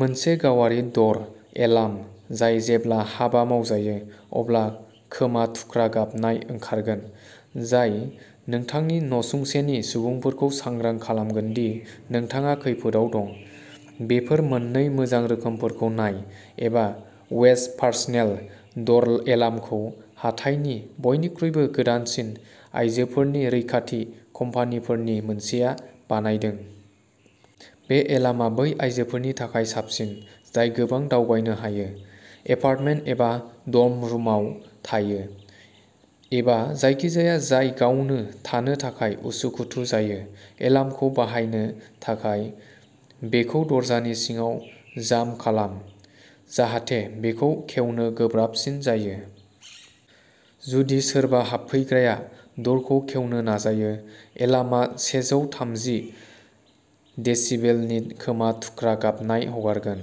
मोनसे गावारि द'र एलार्म, जाय जेब्ला हाबा मावजायो, अब्ला खोमा थुख्रा गाबनाय ओंखारगोन, जाय नोंथांनि न'सुंसेनि सुबुंफोरखौ सांग्रां खालामगोन दि नोंथाङा खैफोदआव दं। बेफोर मोननै मोजां रोखोमफोरखौ नाय। इबा वेज पार्सनेल द'र एलार्मखौ हाथाइनि बयनिख्रुइबो गोदानसिन आयजोफोरनि रैखाथि कम्पानिफोरनि मोनसेआ बानायदों। बे एलार्मआ बै आयजोफोरनि थाखाय साबसिन, जाय गोबां दावबायनो हायो, एपार्टमेन्ट एबा डर्म रुमाव थायो, एबा जायखिजाया जाय गावनो थानो थाखाय उसुखुथु जायो। एलार्मखौ बाहायनो थाखाय, बेखौ दरजानि सिङाव जाम खालाम, जाहाथे बेखौ खेवनो गोब्राबसिन जायो। जुदि सोरबा हाबफैग्राया द'रखौ खेवनो नाजायो, एलार्मआ सेजौ थामजि डेसिबेलनि खोमा थुख्रा गाबनाय हगारगोन,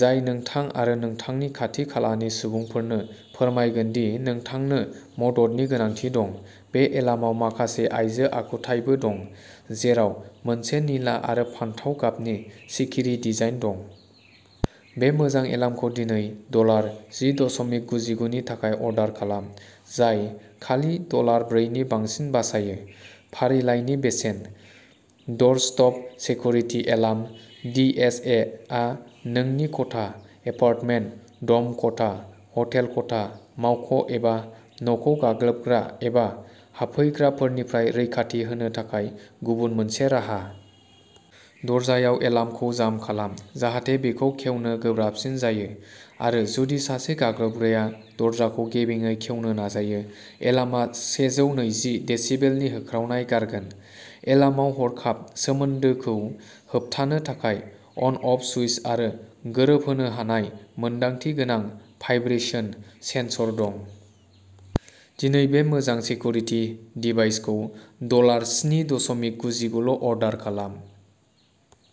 जाय नोंथां आरो नोंथांनि खाथि खालानि सुबुंफोरनो फोरमायगोन दि नोंथांनो मददनि गोनांथि दं। बे एलार्माव माखासे आइजो आखुथायबो दं, जेराव मोनसे निला आरो फान्थाव गाबनि सिखिरि डिजाइन दं। बे मोजां एलार्मखौ दिनै डलार जि द' दसमिक गुजिगुनि थाखाय अर्डार खालाम, जाय खालि डलार ब्रैनि बांसिन बासायो। फारिलाइनि बेसेन! Door stop security alarm D S A आ नोंनि खथा, एपार्टमेन्ट, ड'म खथा, हटेल खथा, मावख' एबा न'खौ गाग्लोबग्रा एबा हाबफैग्राफोरनिफ्राय रैखाथि होनो थाखाय गुबुन मोनसे राहा। दरजायाव एलार्मखौ जाम खालाम, जाहाथे बेखौ खेवनो गोब्राबसिन जायो, आरो जुदि सासे गाग्लोबग्राया दरजाखौ गेबेंयै खेवनो नाजायो, एलार्मआ सेजौ नैजि डेसिबेलनि होख्रावनाय गारगोन। एलार्मआव हरखाब सोमोन्दोखौ होबथानो थाखाय अन अफ सुइच आरो गोरोबहोनो हानाय मोनदांथि गोनां भाइब्रेशन सेनसर दं। दिनै बे मोजां सेकुरिटि डिभाइसखौ डलार स्नि दसमिक गुजिगुल' अर्डार खालाम!